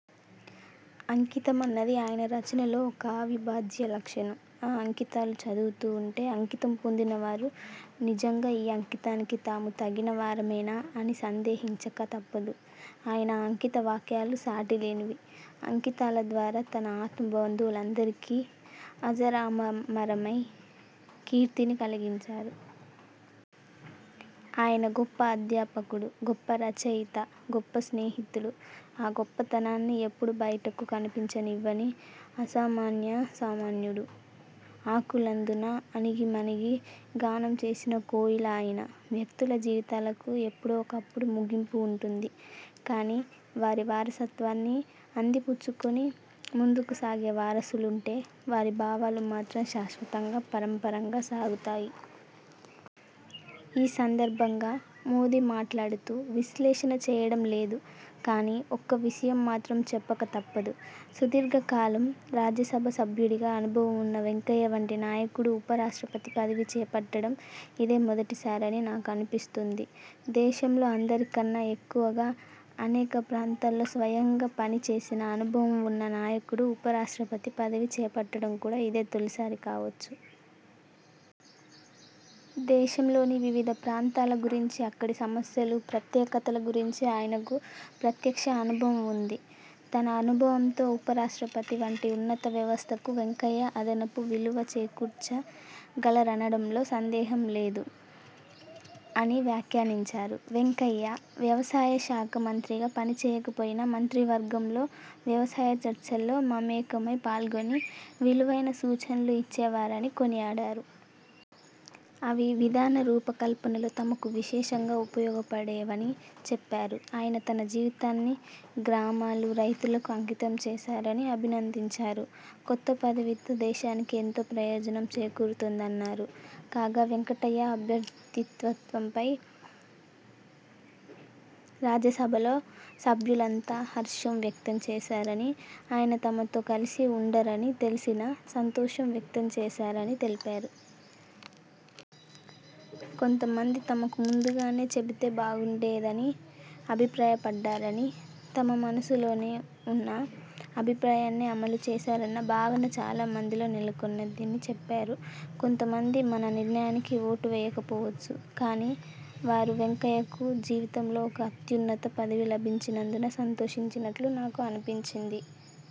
అంకితమన్నది ఆయన రచనలో ఒక అవిభాజ్య లక్షణం. ఆ అంకితాలు చదువుతూ ఉంటే అంకితం పొందిన వారు నిజంగా ఈ అంకితానికి తాము తగినవారమేనా అని సందేహించక తప్పదు. ఆయన అంకిత వాక్యాలు సాటి లేనివి. అంకితాల ద్వారా తన ఆత్మబంధువులందరికీ అజరామరమైన కీర్తిని కలిగించారు. ఆయన గొప్ప అధ్యాపకుడు, గొప్ప రచయిత, గొప్ప స్నేహితుడు. ఆ గొప్పతనాన్ని ఎప్పుడూ బయటకు కనిపించనివ్వని అసామాన్య సామాన్యుడు. ఆకులందున అణగిమణగీ గానం చేసిన కోయిల ఆయన. వ్యక్తుల జీవితాలకు ఎప్పుడో ఒకప్పుడు ముగింపు ఉంటుంది, కాని వారి వారసత్వాన్ని అందిపుచ్చుకుని ముందుకు సాగే వారసులుంటే వారి భావాలు మాత్రం శాశ్వతంగా పరంపరగా సాగుతాయి. ఈ సందర్భంగా మోదీ మాట్లాడుతూ, ''విశ్లేషణ చేయడం లేదు. కానీ, ఒక్క విషయం మాత్రం చెప్పక తప్పదు. సుదీర్ఘ కాలం రాజ్యసభ సభ్యుడిగా అనుభవం ఉన్న వెంకయ్య వంటి నాయకుడు ఉప రాష్ట్రపతి పదవి చేపట్టడం ఇదే మొదటిసారని నాకు అనిపిస్తోంది. దేశంలో అందరికన్నా ఎక్కువగా అనేక ప్రాంతాల్లో స్వయంగా పనిచేసిన అనుభవం ఉన్న నాయకుడు ఉప రాష్ట్రపతి పదవి చేపట్టడం కూడా ఇదే తొలిసారి కావచ్చు. దేశంలోని వివిధ ప్రాంతాల గురించి, అక్కడి సమస్యలు, ప్రత్యేకతల గురించి ఆయనకు ప్రత్యక్ష అనుభవం ఉంది. తన అనుభవంతో ఉపరాష్ట్రపతి వంటి ఉన్నత వ్యవస్థకు వెంకయ్య అదనపు విలువ చేకూర్చగలరనడంలో సందేహం లేదు'' అని వ్యాఖ్యానించారు. వెంకయ్య వ్యవసాయ శాఖ మంత్రిగా పని చేయకపోయినా మంత్రివర్గంలో వ్యవసాయ చర్చల్లో మమేకమై పాల్గొని విలువైన సూచనలు ఇచ్చే వారని కొనియాడారు. అవి విధాన రూపకల్పనలో తమకు విశేషంగా ఉపయోగపడేవని చెప్పారు. ఆయన తన జీవితాన్ని గ్రామాలు, రైతులకు అంకితం చేశారని అభినందించారు. కొత్త పదవితో దేశానికి ఎంతో ప్రయోజనం చేకూరుతుందన్నారు. కాగా, వెంకయ్య అభ్యర్థిత్వంపై రాజ్యసభలో సభ్యులంతా హర్షం వ్యక్తం చేశారని, ఆయన తమతో కలిసి ఉండరని తెలిసినా సంతోషం వ్యక్తం చేశారని తెలిపారు. కొంతమంది తమకు ముందుగానే చెబితే బాగుండేదని అభిప్రాయపడ్డారని, తమ మనసులో ఉన్న అభిప్రాయాన్నే అమలు చేశారన్న భావన చాలా మందిలో నెలకొందని చెప్పారు. ''కొంతమంది మన నిర్ణయానికి ఓటు వేయకపోవచ్చు. కానీ, వారు వెంకయ్యకు జీవితంలో ఒక అత్యున్నత పదవి లభించినందుకు సంతోషించినట్లు నాకు అనిపించింది.